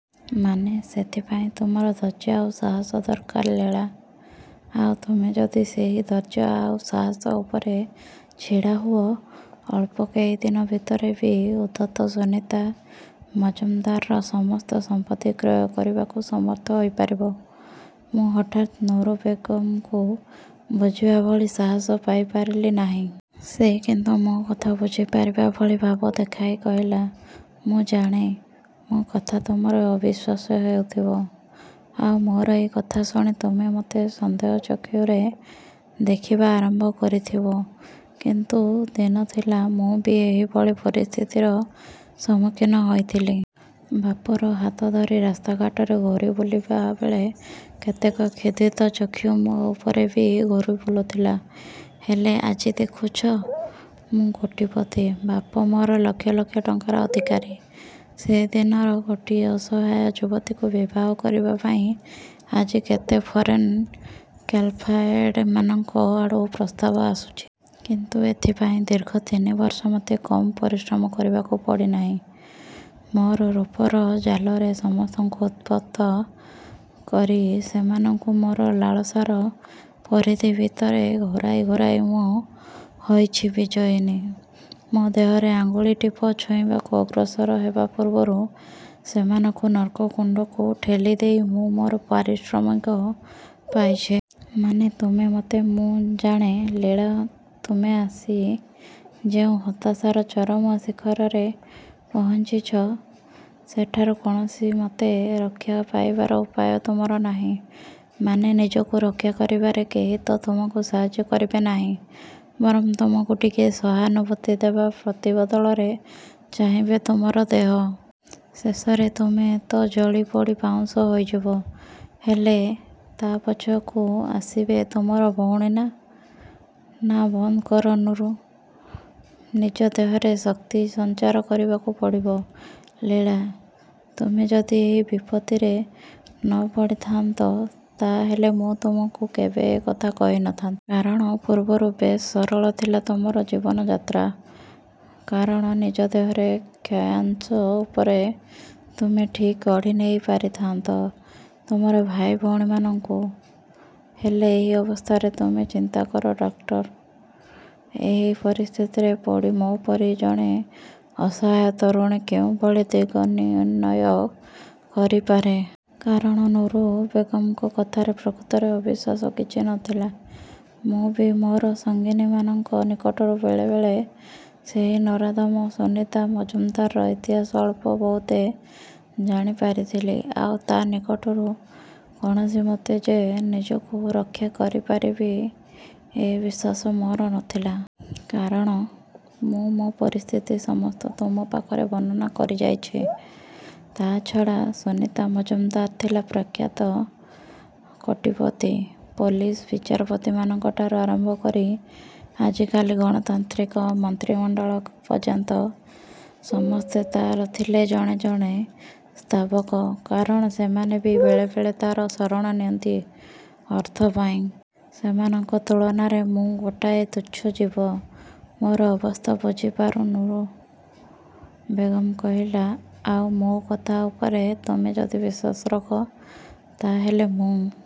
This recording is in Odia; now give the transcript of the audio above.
ମାନେ? ସେଥିପାଇଁ ତୁମର ଧୈର୍ଯ୍ୟ ଆଉ ସାହସ ଦରକାର ଲୀଳା। ଆଉ ତୁମେ ଯଦି ସେହି ଧୈର୍ଯ୍ୟ ଆଉ ସାହସ ଉପରେ ଛିଡ଼ା ହୁଅ, ଅଳ୍ପ କେଇଦିନ ଭିତରେ ବି ଉଦ୍ଧତ ସୁନୀତି ମଜୁମଦାରର ସମସ୍ତ ସମ୍ପତ୍ତି କ୍ରୟ କରିବାକୁ ସମର୍ଥ ହୋଇପାରିବ। ମୁଁ ହଠାତ୍ ନୁରୁ ବେଗମ୍‌କୁ ବୁଝିବା ଭଳି ସାହସ ପାଇପାରିଲି ନାହିଁ। ସେ କିନ୍ତୁ ମୋ କଥା ବୁଝିପାରିବା ଭଳି ଭାବ ଦେଖାଇ କହିଲା, ମୁଁ ଜାଣେ, ମୋ କଥା ତୁମର ଅବିଶ୍ୱାସ ହେଉଥିବ। ଆଉ ମୋର ଏଇ କଥା ଶୁଣି ତୁମେ ମୋତେ ସନ୍ଦେହ ଚକ୍ଷୁରେ ଦେଖିବା ଆରମ୍ଭ କରିଥିବ। କିନ୍ତୁ ଦିନ ଥିଲା, ମୁଁ ବି ଏହିଭଳି ପରିସ୍ଥିତିର ସମ୍ମୁଖୀନ ହୋଇଥିଲି। ବାପର ହାତ ଧରି ରାସ୍ତା ଘାଟରେ ଘୂରି ବୁଲିବା ବେଳେ କେତେକ କ୍ଷୁଧିତ ଚକ୍ଷୁ ମୋ ଉପରେ ବି ଘୂରି ବୁଲୁଥିଲା। ହେଲେ, ଆଜି ଦେଖୁଛ ମୁଁ କୋଟିପତି ବାପ ମୋର ଲକ୍ଷ ଲକ୍ଷ ଟଙ୍କାର ଅଧିକାରୀ। ସେଦିନର ଗୋଟିଏ ଅସହାୟା ଯୁବତୀକୁ ବିବାହ କରିବା ପାଇଁ ଆଜି କେତେ ଫରେନ୍ କ୍ୱାଲିଫାଏଡ୍‌ମାନଙ୍କ ଆଡ଼ୁ ପ୍ରସ୍ତାବ ଆସୁଛି। କିନ୍ତୁ ଏଥିପାଇଁ ଦୀର୍ଘ ତିନି ବର୍ଷ ମୋତେ କମ୍ ପରିଶ୍ରମ କରିବାକୁ ପଡ଼ିନାହିଁ। ମୋର ରୂପର ଜାଲରେ ସମସ୍ତଙ୍କୁ ଉତ୍ତପ୍ତ କରି, ସେମାନଙ୍କୁ ମୋର ଲାଳସାର ପରିଧି ଭିତରେ ଘୂରାଇ ଘୂରାଇ ମୁଁ ହୋଇଛି ବିଜୟିନୀ। ମୋ ଦେହରେ ଆଙ୍ଗୁଳି ଟିପ ଛୁଇଁବାକୁ ଅଗ୍ରସର ହେବା ପୂର୍ବରୁ ସେମାନଙ୍କୁ ନର୍କ କୁଣ୍ଡକୁ ଠେଲିଦେଇ ମୁଁ ମୋର ପାରିଶ୍ରମିକ ପାଇଛି। ମାନେ ତୁମେ ମୋତେ ମୁଁ ଜାଣେ ଲୀଳା ତୁମେ ଆସି ଯେଉଁ ହତାଶାର ଚରମ ଶିଖରରେ ପହଞ୍ଚିଛ, ସେଠାରୁ କୌଣସିମତେ ରକ୍ଷା ପାଇବାର ଉପାୟ ତୁମର ନାହିଁ। ମାନେ ନିଜକୁ ରକ୍ଷା କରିବାରେ କେହି ତ ତୁମକୁ ସାହାଯ୍ୟ କରିବେ ନାହିଁ; ବରଂ ତୁମକୁ ଟିକିଏ ସହାନୁଭୂତି ଦେବା ପ୍ରତିବଦଳରେ ଚାହିଁବେ ତୁମର ଦେହ। ଶେଷରେ ତୁମେ ତ ଜଳିପୋଡ଼ି ପାଉଁଶ ହୋଇଯିବ, ହେଲେ, ତା ପଛକୁ ଆସିବେ ତୁମର ଭଉଣୀ ନା, ନା ବନ୍ଦ କର ନୁରୁ। ନିଜ ଦେହରେ ଶକ୍ତି ସଞ୍ଚାର କରିବାକୁ ପଡ଼ିବ, ଲୀଳା। ତୁମେ ଯଦି ଏହି ବିପତ୍ତିରେ ନ ପଡ଼ିଥାଆନ୍ତ, ତା ହେଲେ ମୁଁ ତୁମକୁ କେବେ ଏ କଥା କହିନଥାନ୍ତି। କାରଣ, ପୂର୍ବରୁ ବେଶ୍ ସରଳ ଥିଲା ତୁମର ଜୀବନଯାତ୍ରା। କାରଣ ନିଜ ଦେହର କ୍ଷୟାଂଶ ଉପରେ ତୁମେ ଠିକ୍ ଗଢ଼ିନେଇ ପାରିଥାଆନ୍ତି ତୁମର ଭାଇ ଭଉଣୀମାନଙ୍କୁ। ହେଲେ ଏହି ଅବସ୍ଥାରେ ତୁମେ ଚିନ୍ତାକର ଡାକ୍ଟର, ଏହି ପରିସ୍ଥିତିରେ ପଡ଼ି ମୋ ପରି ଜଣେ ଅସହାୟା ତରୁଣୀ କେଉଁଭଳି ଦିଗନିର୍ଣ୍ଣୟ କରିପାରେ? କାରଣ ନୁରୁ ବେଗମ୍‌ଙ୍କ କଥାରେ ପ୍ରକୃତରେ ଅବିଶ୍ୱାସ୍ୟ କିଛି ନଥିଲା। ମୁଁ ବି ମୋର ସଙ୍ଗିନୀମାନଙ୍କ ନିକଟରୁ ବେଳେ ବେଳେ ସେହି ନରାଧମ ସୁନୀତି ମଜୁମଦାରର ଇତିହାସ ଅଳ୍ପ ବହୁତେ ଜାଣିପାରିଥିଲି। ଆଉ ତା ନିକଟରୁ କୌଣସିମତେ ଯେ ନିଜକୁ ରକ୍ଷା କରିପାରିବି ଏ ବିଶ୍ୱାସ ମୋର ନଥିଲା। କାରଣ, ମୁଁ ମୋ ପରିସ୍ଥିତି ସମସ୍ତ ତୁମ ପାଖରେ ବର୍ଣ୍ଣନା କରିଯାଇଛି। ତା ଛଡ଼ା ସୁନୀତି ମଜୁମଦାର ଥିଲା ପ୍ରଖ୍ୟାତ କୋଟିପତି। ପୋଲିସ, ବିଚାରପତିମାନଙ୍କଠାରୁ ଆରମ୍ଭ କରି, ଆଜିକାଲି ଗଣତାନ୍ତ୍ରିକ ମନ୍ତ୍ରିମଣ୍ଡଳଙ୍କ ପର୍ଯ୍ୟନ୍ତ, ସମସ୍ତେ ତାର ଥିଲେ ଜଣେ ଜଣେ ସ୍ତାବକ। କାରଣ ସେମାନେ ବି ବେଳେ ବେଳେ ତାର ଶରଣ ନିଅନ୍ତି ଅର୍ଥ ପାଇଁ। ସେମାନଙ୍କ ତୁଳନାରେ ମୁଁ ଗୋଟାଏ ତୁଚ୍ଛ ଜୀବ। ମୋର ଅବସ୍ଥା ବୁଝିପାରି ନୁରୁ ବେଗମ୍ କହିଲା, ଆଉ ମୋ କଥା ଉପରେ ତୁମେ ଯଦି ବିଶ୍ୱାସ ରଖ, ତା ହେଲେ ମୁଁ